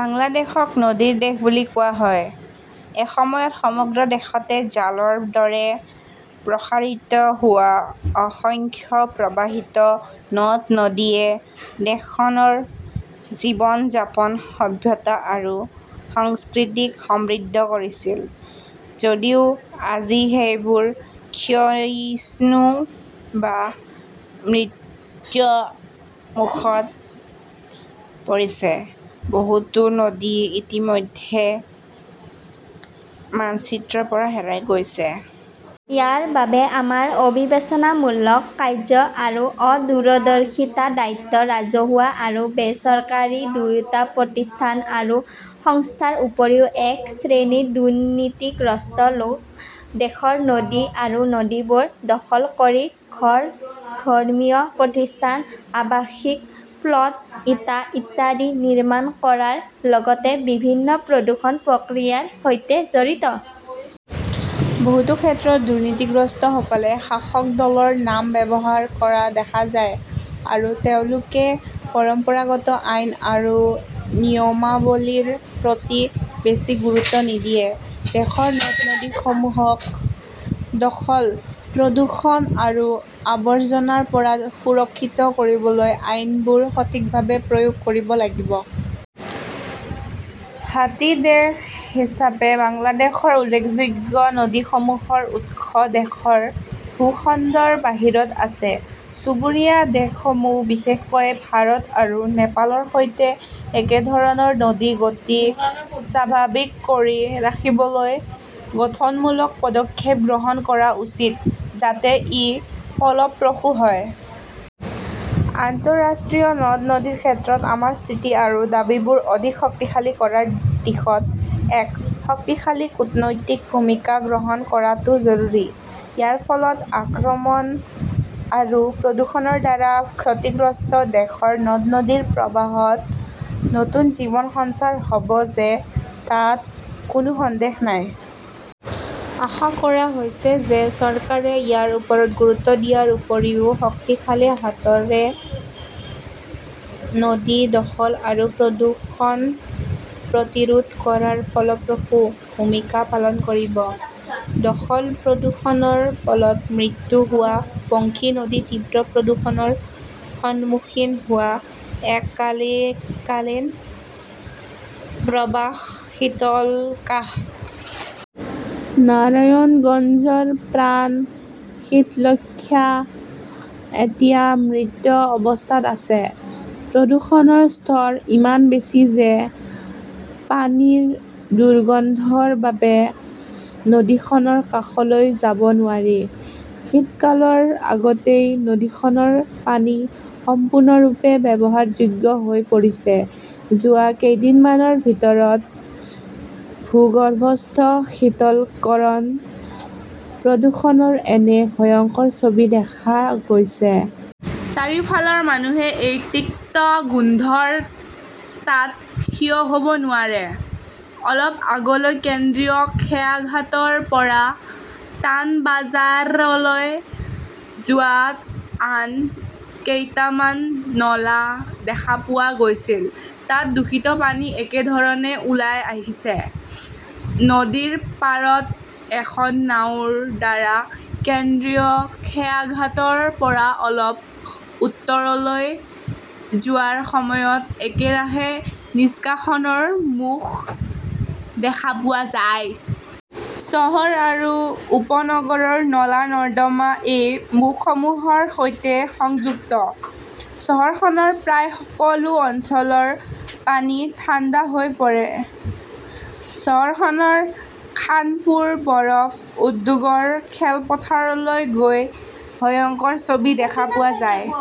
বাংলাদেশক নদীৰ দেশ বুলি কোৱা হয়। এসময়ত সমগ্ৰ দেশতে জালৰ দৰে প্ৰসাৰিত হোৱা অসংখ্য প্ৰৱাহিত নদ-নদীয়ে দেশখনৰ জীৱন-যাপন, সভ্যতা আৰু সংস্কৃতিক সমৃদ্ধ কৰিছিল যদিও আজি সেইবোৰ ক্ষয়িষ্ণু বা মৃত্যমুখত পৰিছে। বহুতো নদী ইতিমধ্যে মানচিত্ৰৰ পৰা হেৰাই গৈছে। ইয়াৰ বাবে আমাৰ অবিবেচনামূলক কাৰ্য্য আৰু অদূৰদৰ্শিতা দায়বদ্ধ। ৰাজহুৱা আৰু বেচৰকাৰী দুয়োটা প্ৰতিষ্ঠান আৰু সংস্থাৰ উপৰিও, এক শ্ৰেণীৰ দুৰ্নীতিগ্ৰস্ত লোক দেশৰ নদী আৰু নদীবোৰ দখল কৰি ঘৰ, ধৰ্মীয় প্ৰতিষ্ঠান, আৱাসিক প্লট, ইটা ইত্যাদি নিৰ্মাণ কৰাৰ লগতে বিভিন্ন প্ৰদূষণ প্ৰক্ৰিয়াৰ সৈতে জড়িত। বহুতো ক্ষেত্ৰত, দুৰ্নীতিগ্ৰস্তসকলে শাসক দলৰ নাম ব্যৱহাৰ কৰা দেখা যায় আৰু তেওঁলোকে পৰম্পৰাগত আইন আৰু নিয়মাৱলীৰ প্ৰতি বেছি গুৰুত্ব নিদিয়ে। দেশৰ নদ-নদীসমূহক দখল, প্ৰদূষণ আৰু আৱৰ্জনাৰ পৰা সুৰক্ষিত কৰিবলৈ আইনবোৰ সঠিকভাৱে প্ৰয়োগ কৰিব লাগিব। ভাটি দেশ হিচাপে বাংলাদেশৰ উল্লেখযোগ্য নদীসমূহৰ উৎস দেশৰ ভূখণ্ডৰ বাহিৰত আছে। চুবুৰীয়া দেশসমূহ, বিশেষকৈ ভাৰত আৰু নেপালৰ সৈতে একেধৰণৰ নদী গতি স্বাভাৱিক কৰি ৰাখিবলৈ গঠনমূলক পদক্ষেপ গ্ৰহণ কৰা উচিত যাতে ই ফলপ্ৰসূ হয়। আন্তঃৰাষ্ট্ৰীয় নদ- নদীৰ ক্ষেত্ৰত আমাৰ স্থিতি আৰু দাবীবোৰ অধিক শক্তিশালী কৰাৰ দিশত এক শক্তিশালী কূটনৈতিক ভূমিকা গ্ৰহণ কৰাটো জৰুৰী। ইয়াৰ ফলত আক্ৰমণ আৰু প্ৰদূষণৰ দ্বাৰা ক্ষতিগ্ৰস্ত দেশৰ নদ-নদীৰ প্ৰবাহত নতুন জীৱন সঞ্চাৰ হ'ব যে তাত কোনো সন্দেহ নাই। আশা কৰা হৈছে যে চৰকাৰে ইয়াৰ ওপৰত গুৰুত্ব দিয়াৰ উপৰিও শক্তিশালী হাতৰে নদী দখল আৰু প্ৰদূষণ প্ৰতিৰোধ কৰাৰ ফলপ্ৰসূ ভূমিকা পালন কৰিব। দখল-প্ৰদূষণৰ ফলত মৃত্যু হোৱা বংশী নদী তীব্ৰ প্ৰদূষণৰ সন্মুখীন হোৱা এককালী কালীন প্ৰবাহ শীতলকাহ। নাৰায়ণগঞ্জৰ প্ৰাণ শীতলক্ষ্যা এতিয়া মৃত অৱস্থাত আছে। প্ৰদূষণৰ স্তৰ ইমান বেছি যে পানীৰ দুৰ্গন্ধৰ বাবে নদীখনৰ কাষলৈ যাব নোৱাৰি। শীতকালৰ আগতেই নদীখনৰ পানী সম্পূৰ্ণৰূপে ব্যৱহাৰযোগ্য হৈ পৰিছে। যোৱা কেইদিনমানৰ ভিতৰত ভূগৰ্ভস্থ শীতলকৰণ প্ৰদূষণৰ এনে ভয়ংকৰ ছবি দেখা গৈছে। চাৰিওফালৰ মানুহে এই তিক্ত গোন্ধৰ তাত থিয় হ'ব নোৱাৰে। অলপ আগলৈ, কেন্দ্ৰীয় খেয়াঘাটৰ পৰা তানবাজাৰলৈ যোৱা আন কেইটামান নলা দেখা পোৱা গৈছিল। তাত দূষিত পানী একে ধৰণে ওলাই আহিছে। নদীৰ পাৰত এখন নাওৰ দ্বাৰা কেন্দ্ৰীয় খেয়াঘাটৰ পৰা অলপ উত্তৰলৈ যোৱাৰ সময়ত একেৰাহে নিষ্কাশনৰ মুখ দেখা পোৱা যায়। চহৰ আৰু উপনগৰৰ নলা-নৰ্দমা এই মুখসমূহৰ সৈতে সংযুক্ত। চহৰখনৰ প্ৰায় সকলো অঞ্চলৰ পানী ঠাণ্ডা হৈ পৰে। চহৰখনৰ খানপুৰ বৰফ উদ্যোগৰ খেলপথাৰলৈ গৈ ভয়ংকৰ ছবি দেখা পোৱা যায়।